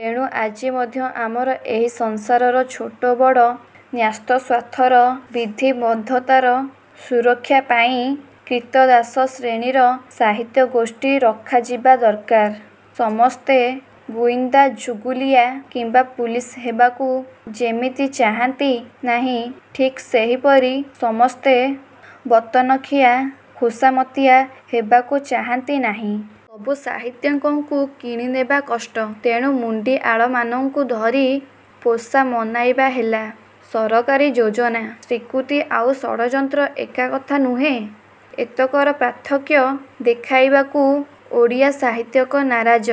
ତେଣୁ ଆଜି ମଧ୍ୟ ଆମର ଏହି ସଂସାରର ଛୋଟବଡ଼ ନ୍ୟସ୍ତସ୍ୱାର୍ଥର ବିଧିବଦ୍ଧତାର ସୁରକ୍ଷା ପାଇଁ କ୍ରୀତଦାସ ଶ୍ରେଣୀର ସାହିତ୍ୟଗୋଷ୍ଠୀ ରଖାଯିବା ଦରକାର। ସମସ୍ତେ ଗୁଇନ୍ଦା, ଚୁଗୁଲିଆ କିମ୍ୱା ପୁଲିସ ହେବାକୁ ଯେମିତି ଚାହାନ୍ତି ନାହିଁ ଠିକ୍ ସେହିପରି ସମସ୍ତେ ବର୍ତ୍ତନଖିଆ ଖୋସାମତିଆ ହେବାକୁ ଚାହାନ୍ତି ନାହିଁ। ସବୁ ସାହିତ୍ୟିକଙ୍କୁ କିଣି ନେବା କଷ୍ଟ। ତେଣୁ ମୁଣ୍ତିଆଳମାନଙ୍କୁ ଧରି ପୋଷା ମନାଇବା ହେଲା ସରକାରୀ ଯୋଜନା। ସ୍ୱୀକୃତି ଆଉ ଷଡ଼ଯନ୍ତ୍ର ଏକା କଥା ନୁହେଁ। ଏତକର ପାର୍ଥକ୍ୟ ଦେଖାଇବାକୁ ଓଡ଼ିଆ ସାହିତ୍ୟିକ ନାରାଜ।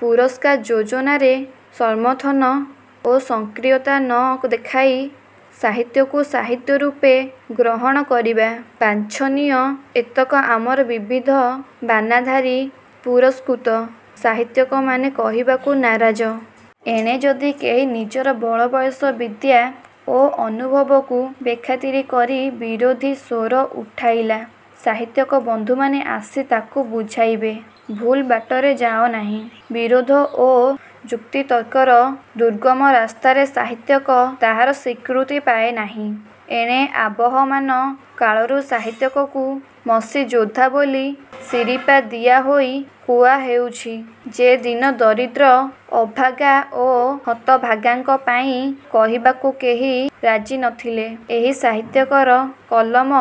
ପୁରସ୍କାର ଯୋଜନାରେ ସମର୍ଥନ ଓ ସକ୍ରିୟତା ନ ଦେଖାଇ ସାହିତ୍ୟକୁ ସାହିତ୍ୟ ରୂପେ ଗ୍ରହଣ କରିବା ବାଞ୍ଛନୀୟ–ଏତକ ଆମର ବିବିଧ ବାନାଧାରୀ ପୁରସ୍କୃତ ସାହିତ୍ୟିକମାନେ କହିବାକୁ ନାରାଜ। ଏଣେ ଯଦି କେହି ନିଜର ବଳବୟସ ବିଦ୍ୟା ଓ ଅନୁଭବକୁ ବେଖାତିର କରି ବିରୋଧୀ ସ୍ୱର ଉଠାଇଲା, ସାହିତ୍ୟିକ ବନ୍ଧୁମାନେ ଆସି ତାକୁ ବୁଝାଇବେ–ଭୁଲ ବାଟରେ ଯାଅ ନାହିଁ। ବିରୋଧ ଓ ଯୁକ୍ତିତର୍କର ଦୁର୍ଗମ ରାସ୍ତାରେ ସାହିତ୍ୟିକ ତାହାର ସ୍ୱୀକୃତି ପାଏ ନାହିଁ। ଏଣେ ଆବହମାନ କାଳରୁ ସାହିତ୍ୟିକକୁ ମସିଯୋଦ୍ଧା ବୋଲି ଶିରିପା ଦିଆହୋଇ କୁହା ହେଉଛି ଯେ ଦୀନ ଦରିଦ୍ର ଅଭାଗା ଓ ହତଭାଗାଙ୍କ ପାଇଁ କହିବାକୁ କେହି ରାଜି ନ ଥିଲେ ଏହି ସାହିତ୍ୟିକର କଲମ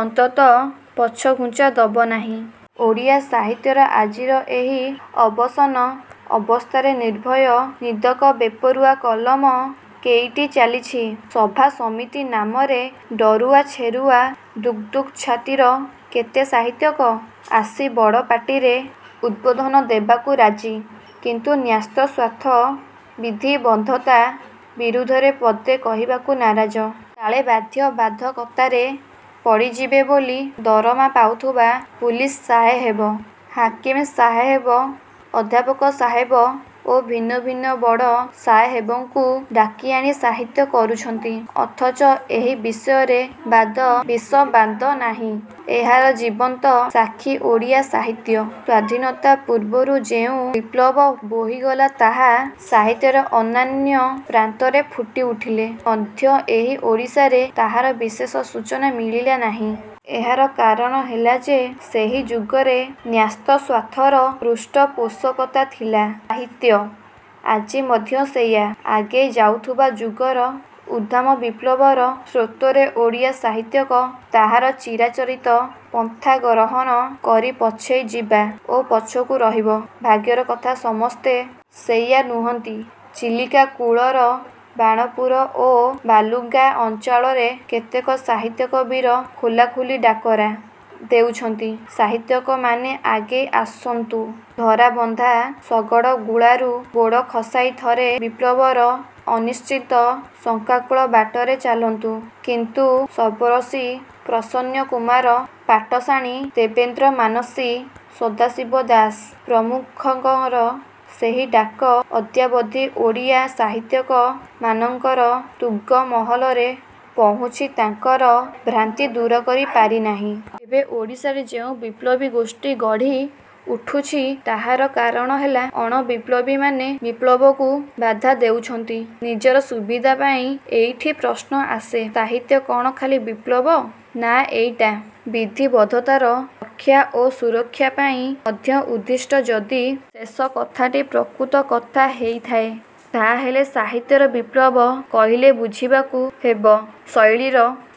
ଅନ୍ତତଃ ପଛଘୁଞ୍ଚା ଦବ ନାହିଁ। ଓଡ଼ିଆ ସାହିତ୍ୟର ଆଜିର ଏହି ଅବସନ୍ନ ଅବସ୍ଥାରେ ନିର୍ଭୟ ନିଦକ ବେପରୁଆ କଲମ କେଇଟି ଚାଲିଛି? ସଭାସମିତି ନାମରେ ଡରୁଆ, ଛେରୁଆ, ଦୁକ୍ ଦୁକ୍ ଛାତିର କେତେ ସାହିତ୍ୟିକ ଆସି ବଡ଼ ପାଟିରେ ଉଦ୍ବୋଧନ ଦେବାକୁ ରାଜି। କିନ୍ତୁ ନ୍ୟସ୍ତସ୍ୱାର୍ଥ, ବିଧିବଦ୍ଧତା ବିରୁଦ୍ଧରେ ପଦେ କହିବାକୁ ନାରାଜ। କାଳେ ବାଧ୍ୟ ବାଧକତାରେ ପଡ଼ିଯିବେ ବୋଲି ଦରମା ପାଉଥିବା ପୁଲିସ ସାହେବ, ହାକିମ ସାହେବ, ଅଧ୍ୟାପକ ସାହେବ ଓ ବିଭିନ୍ନ ବଡ଼ ସାହେବଙ୍କୁ ଡାକିଆଣି ସାହିତ୍ୟ କରୁଛନ୍ତି। ଅଥଚ ଏହି ବିଷୟରେ ବାଦ ବିସମ୍ୱାଦ ନାହିଁ। ଏହାର ଜୀବନ୍ତ ସାକ୍ଷୀ ଓଡ଼ିଆ ସାହିତ୍ୟ। ସ୍ୱାଧୀନତା ପୂର୍ବରୁ ଯେଉଁ ବିପ୍ଳବ ବୋହିଗଲା ତାହା ସାହିତ୍ୟରେ ଅନ୍ୟାନ୍ୟ ପ୍ରାନ୍ତରେ ଫୁଟି ଉଠିଥିଲେ ମଧ୍ୟ ଏହି ଓଡ଼ିଶାରେ ତାହାର ବିଶେଷ ସୂଚନା ମିଳିଲା ନାହିଁ। ଏହାର କାରଣ ହେଲା ଯେ ସେହି ଯୁଗରେ ନ୍ୟସ୍ତସ୍ୱାର୍ଥର ପୃଷ୍ଠପୋଷକତା ଥିଲା ସାହିତ୍ୟ। ଆଜି ମଧ୍ୟ ସେଇଆ। ଆଗେଇ ଯାଉଥିବା ଯୁଗର ଉଦ୍ଦାମ ବିପ୍ଳବର ସ୍ରୋତରେ ଓଡ଼ିଆ ସାହିତ୍ୟିକ ତାହାର ଚିରାଚରିତ ପନ୍ଥା ଗ୍ରହଣ କରି ପଛେଇ ଯିବ ଓ ପଛକୁ ରହିବ। ଭାଗ୍ୟର କଥା ସମସ୍ତେ। ସେଇଆ ନୁହନ୍ତି। ଚିଲିକା କୂଳର ବାଣପୁର ଓ ବାଲୁଗାଁ ଅଞ୍ଚଳରେ କେତେକ ସାହିତ୍ୟିକ ବୀର ଖୋଲାଖୋଲି ଡାକରା ଦେଉଛନ୍ତି–ସାହିତ୍ୟିକମାନେ ଆଗେଇ ଆସନ୍ତୁ। ଧରାବନ୍ଧା ଶଗଡ଼ଗୁଳାରୁ ଗୋଡ଼ ଖସାଇ ଥରେ ବିପ୍ଳବର ଅନିଶ୍ଚିତ ଶଙ୍କାକୁଳ ବାଟରେ ଚାଲନ୍ତୁ। କିନ୍ତୁ ସର୍ବଶ୍ରୀ ପ୍ରସନ୍ନ କୁମାର ପାଟଶାଣୀ, ଦେବେନ୍ଦ୍ର ମାନସିଂ, ସଦାଶିବ ଦାସ ପ୍ରମୁଖଙ୍କର ସେହି ଡାକ ଅଦ୍ୟାବଧି ଓଡ଼ିଆ ସାହିତ୍ୟିକ ମାନଙ୍କର ତୁଙ୍ଗ ମହଲରେ ପହୁଞ୍ଚି ତାଙ୍କର ଭ୍ରାନ୍ତି ଦୂର କରି ପାରିନାହିଁ। ଏବେ ଓଡ଼ିଶାରେ ଯେଉଁ ବିପ୍ଳବୀ ଗୋଷ୍ଠୀ ଗଢ଼ି ଉଠୁଛି ତାହାର କାରଣ ହେଲା ଅଣ–ବିପ୍ଳବୀମାନେ ବିପ୍ଳବକୁ ବାଧା ଦେଉଛନ୍ତି ନିଜର ସୁବିଧା ପାଇଁ। ଏଇଠି ପ୍ରଶ୍ନ ଆସେ–ସାହିତ୍ୟ କ'ଣ ଖାଲି ବିପ୍ଳବ? ନା ଏଇଟା ବିଧିବଦ୍ଧତାର ରକ୍ଷା ଓ ସୁରକ୍ଷା ପାଇଁ ମଧ୍ୟ ଉଦ୍ଦିଷ୍ଟ? ଯଦି ଶେଷ କଥାଟି ପ୍ରକୃତ କଥା ହେଇଥାଏ ତାହାହେଲେ ସାହିତ୍ୟର ବିପ୍ଳବ କହିଲେ ବୁଝିବାକୁ ହେବ–ଶୈଳୀର,